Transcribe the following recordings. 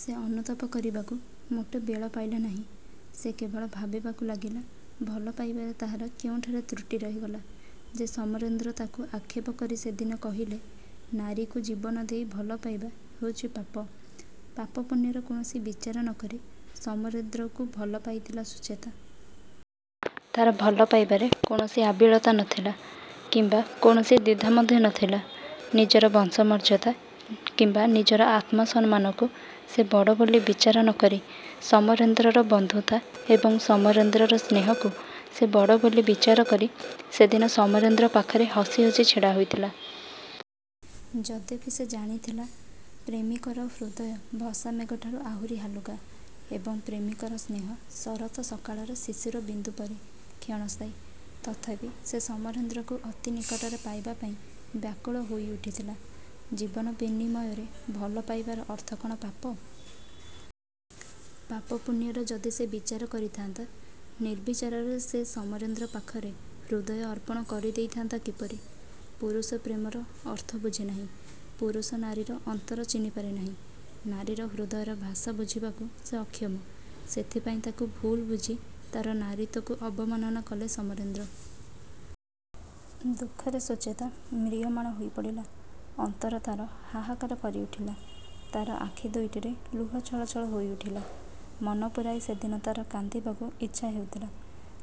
ସେ ଅନୁତାପ କରିବାକୁ ମୋଟେ ବେଳ ପାଇଲା ନାହିଁ। ସେ କେବଳ ଭାବିବାକୁ ଲାଗିଲା ଭଲ ପାଇବାରେ ତାହାର କେଉଁଠାରେ ତ୍ରୁଟି ରହିଗଲା ଯେ ସମରେନ୍ଦ୍ର ତାକୁ ଆକ୍ଷେପ କରି ସେଦିନ କହିଲେ ''ନାରୀକୁ ଜୀବନ ଦେଇ ଭଲ ପାଇବା ହେଉଛି ପାପ। '' ପାପ, ପୁଣ୍ୟର କୌଣସି ବିଚାର ନ କରି ସମରେନ୍ଦ୍ରକୁ ଭଲ ପାଇଥିଲା ସୁଚେତା। ତା'ର ଭଲ ପାଇବାରେ କୌଣସି ଆବିଳତା ନ ଥିଲା କିମ୍ୱା କୌଣସି ଦ୍ୱିଧା ମଧ୍ୟ ନ ଥିଲା। ନିଜର ବଂଶମର୍ଯ୍ୟାଦା କିମ୍ୱା ନିଜର ଆତ୍ମସମ୍ମାନକୁ ସେ ବଡ଼ ବୋଲି ବିଚାର ନ କରି ସମରେନ୍ଦ୍ରର ବନ୍ଧୁତା ଏବଂ ସମରେନ୍ଦ୍ରର ସ୍ନେହକୁ ସେ ବଡ଼ ବୋଲି ବିଚାର କରି ସେଦିନ ସମରେନ୍ଦ୍ର ପାଖରେ ହସିହସି ଛିଡ଼ା ହୋଇଥିଲା। ଯଦ୍ୟପି ସେ ଜାଣିଥିଲା ପ୍ରେମିକର ହୃଦୟ ଭସାମେଘଠାରୁ ଆହୁରି ହାଲୁକା ଏବଂ ପ୍ରେମିକର ସ୍ନେହ ଶରତ ସକାଳର ଶିଶିର ବିନ୍ଦୁ ପରି କ୍ଷଣସ୍ଥାୟୀ ତଥାପି ସେ ସମରେନ୍ଦ୍ରକୁ ଅତି ନିକଟରେ ପାଇବା ପାଇଁ ବ୍ୟାକୁଳ ହୋଇଉଠିଥିଲା। ଜୀବନ ବିନିମୟରେ ଭଲ ପାଇବାର ଅର୍ଥ କ'ଣ ପାପ? ପାପ, ପୁଣ୍ୟର ଯଦି ସେ ବିଚାର କରିଥାନ୍ତା, ନିର୍ବିଚାରରେ ସେ ସମରେନ୍ଦ୍ର ପାଖରେ ହୃଦୟ ଅର୍ପଣ କରିଦେଇଥାନ୍ତା କିପରି-? ପୁରୁଷ ପ୍ରେମର ଅର୍ଥ ବୁଝେନାହିଁ। ପୁରୁଷ ନାରୀର ଅନ୍ତର ଚିହ୍ନିପାରେ ନାହିଁ। ନାରୀର ହୃଦୟର ଭାଷା ବୁଝିବାକୁ ସେ ଅକ୍ଷମ। ସେଥିପାଇଁ ତାକୁ ଭୁଲବୁଝି ତା'ର ନାରୀତ୍ୱକୁ ଅବମାନନା କଲେ ସମରେନ୍ଦ୍ର। ଦୁଃଖରେ ସୁଚେତା ମ୍ରିୟମାଣ ହୋଇପଡ଼ିଲା। ଅନ୍ତର ତା'ର ହାହାକାର କରିଉଠିଲା। ତା'ର ଆଖି ଦୁଇଟିରେ ଲୁହ ଛଳଛଳ ହୋଇଉଠିଲା। ମନ ପୂରାଇ ସେଦିନ ତା'ର କାନ୍ଦିବାକୁ ଇଛା ହେଉଥିଲା।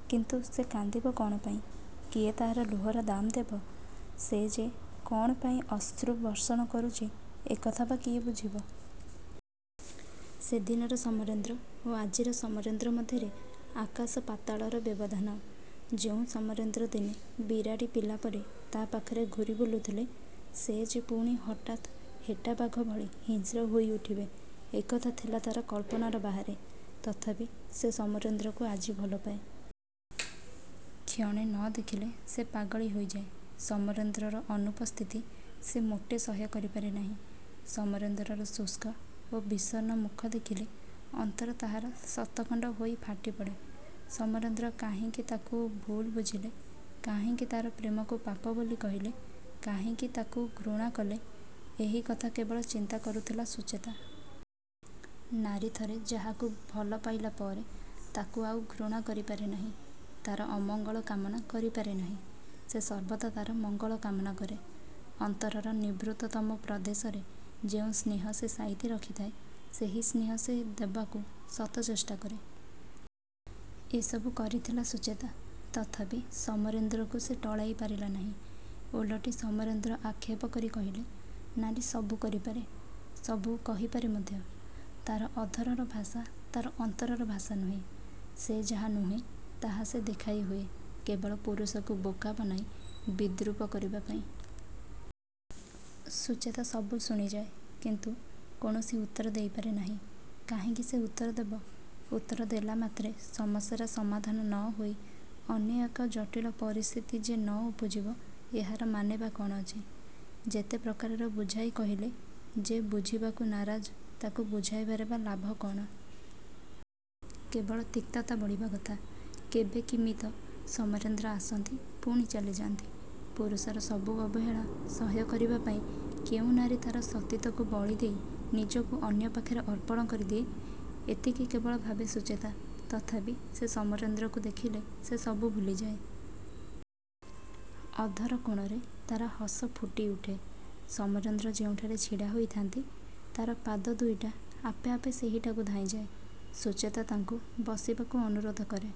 କିନ୍ତୁ ସେ କାନ୍ଦିବ କ'ଣ ପାଇଁ? କିଏ ତାହାର ଲୁହର ଦାମ ଦେବ? ସେ ଯେ କ'ଣ ପାଇଁ ଅଶ୍ରୁ ବର୍ଷଣ କରୁଛି ଏକଥା ବା କିଏ ବୁଝିବ? ସେଦିନର ସମରେନ୍ଦ୍ର ଓ ଆଜିର ସମରେନ୍ଦ୍ର ମଧ୍ୟରେ ଆକାଶ ପାତାଳର ବ୍ୟବଧାନ-। ଯେଉଁ ସମରେନ୍ଦ୍ର ଦିନେ ବିରାଡ଼ି ପିଲାପରି ତା' ପାଖରେ ଘୂରି ବୁଲୁଥିଲେ ସେ ଯେ ପୁଣି ହଠାତ୍ ହେଟାବାଘ ଭଳି ହିଂସ୍ର ହୋଇଉଠିବେ ଏକଥା ଥିଲା ତା'ର କଳ୍ପନାର ବାହାରେ। ତଥାପି ସେ ସମରେନ୍ଦ୍ରକୁ ଆଜି ଭଲପାଏ। କ୍ଷଣେ ନ ଦେଖିଲେ ସେ ପାଗଳୀ ହୋଇଯାଏ। ସମରେନ୍ଦ୍ରର ଅନୁପସ୍ଥିତି ସେ ମୋଟେ ସହ୍ୟ କରିପାରେ ନାହିଁ। ସମରେନ୍ଦ୍ରର ଶୁଷ୍କ ଓ ବିଷଣ୍ଣ ମୁଖ ଦେଖିଲେ ଅନ୍ତର ତାହାର ଶତଖଣ୍ଡ ହୋଇ ଫାଟି ପଡ଼େ। ସମରେନ୍ଦ୍ର କାହିଁକି ତାକୁ ଭୁଲ ବୁଝିଲେ, କାହିଁକି ତା'ର ପ୍ରେମକୁ ପାପ ବୋଲି କହିଲେ, କାହିଁକି ତାକୁ ଘୃଣା କଲେ ଏହି କଥା କେବଳ ଚିନ୍ତା କରୁଥିଲା ସୁଚେତା। ନାରୀ ଥରେ ଯାହାକୁ ଭଲ ପାଇଲା ପରେ ତାକୁ ଆଉ ଘୃଣା କରିପାରେ ନାହିଁ। ତା'ର ଅମଙ୍ଗଳ କାମନା କରିପାରେ ନାହିଁ। ସେ ସର୍ବଦା ତା'ର ମଙ୍ଗଳ କାମନା କରେ। ଅନ୍ତରର ନିଭୃତତମ ପ୍ରଦେଶରେ ଯେଉଁ ସ୍ନେହ ସେ ସାଇତି ରଖିଥାଏ, ସେହି ସ୍ନେହ ସେ ଦେବାକୁ ଶତଚେଷ୍ଟା କରେ। ଏ ସବୁ କରିଥିଲା ସୁଚେତା। ତଥାପି ସମରେନ୍ଦ୍ରକୁ ସେ ଟଳାଇ ପାରିଲା ନାହିଁ। ଓଲଟି ସମରେନ୍ଦ୍ର ଆକ୍ଷେପ କରି କହିଲେ ''ନାରୀ ସବୁ କରିପାରେ। ସବୁ କହିପାରେ ମଧ୍ୟ। ତା'ର ଅଧରର ଭାଷା ତା'ର ଅନ୍ତରର ଭାଷା ନୁହେଁ। ସେ ଯାହା ନୁହେଁ ତାହା ସେ ଦେଖାଇ ହୁଏ କେବଳ ପୁରୁଷକୁ ବୋକା ବନାଇ ବିଦ୍ରୂପ କରିବା ପାଇଁ। ସୁଚେତା ସବୁ ଶୁଣିଯାଏ କିନ୍ତୁ କୌଣସି ଉତ୍ତର ଦେଇ ପାରେନାହିଁ। କାହିଁକି ସେ ଉତ୍ତର ଦେବ? ଉତ୍ତର ଦେଲା ମାତ୍ରେ ସମସ୍ୟାର ସମାଧାନ ନ ହୋଇ ଅନ୍ୟ ଏକ ଜଟିଳ ପରିସ୍ଥିତି ଯେ ନ ଉପୁଜିବ ଏହାର ମାନେ ବା କ'ଣ ଅଛି? ଯେତେ ପ୍ରକାର ବୁଝାଇ କହିଲେ ଯେ ବୁଝିବାକୁ ନାରାଜ ତାକୁ ବୁଝାଇବାରେ ବା ଲାଭ କ'ଣ? କେବଳ। ତିକ୍ତତା ବଢ଼ିବା କଥା। କେବେ କିମିତ ସମରେନ୍ଦ୍ର ଆସନ୍ତି ପୁଣି ଚାଲିଯାଆନ୍ତି। ପୁରୁଷର ସବୁ ଅବହେଳା ସହ୍ୟ କରିବା ପାଇଁ କେଉଁ ନାରୀ ତା'ର ସତୀତ୍ୱକୁ ବଳି ଦେଇ ନିଜକୁ ଅନ୍ୟ ପାଖରେ ଅର୍ପଣ କରିଦିଏ? ଏତିକି କେବଳ ଭାବେ ସୁଚେତା। ତଥାପି ସେ ସମରେନ୍ଦ୍ରକୁ ଦେଖିଲେ ସେ ସବୁ ଭୁଲିଯାଏ। ଅଧର କୋଣରେ ତା'ର ହସ ଫୁଟିଉଠେ। ସମରେନ୍ଦ୍ର ଯେଉଁଠାରେ ଛିଡ଼ା ହୋଇଥାନ୍ତି ତା'ର ପାଦ ଦୁଇଟା ଆପେ ଆପେ ସେହିଠାକୁ ଧାଇଁଯାଏ। ସୁଚେତା ତାଙ୍କୁ ବସିବାକୁ ଅନୁରୋଧ କରେ।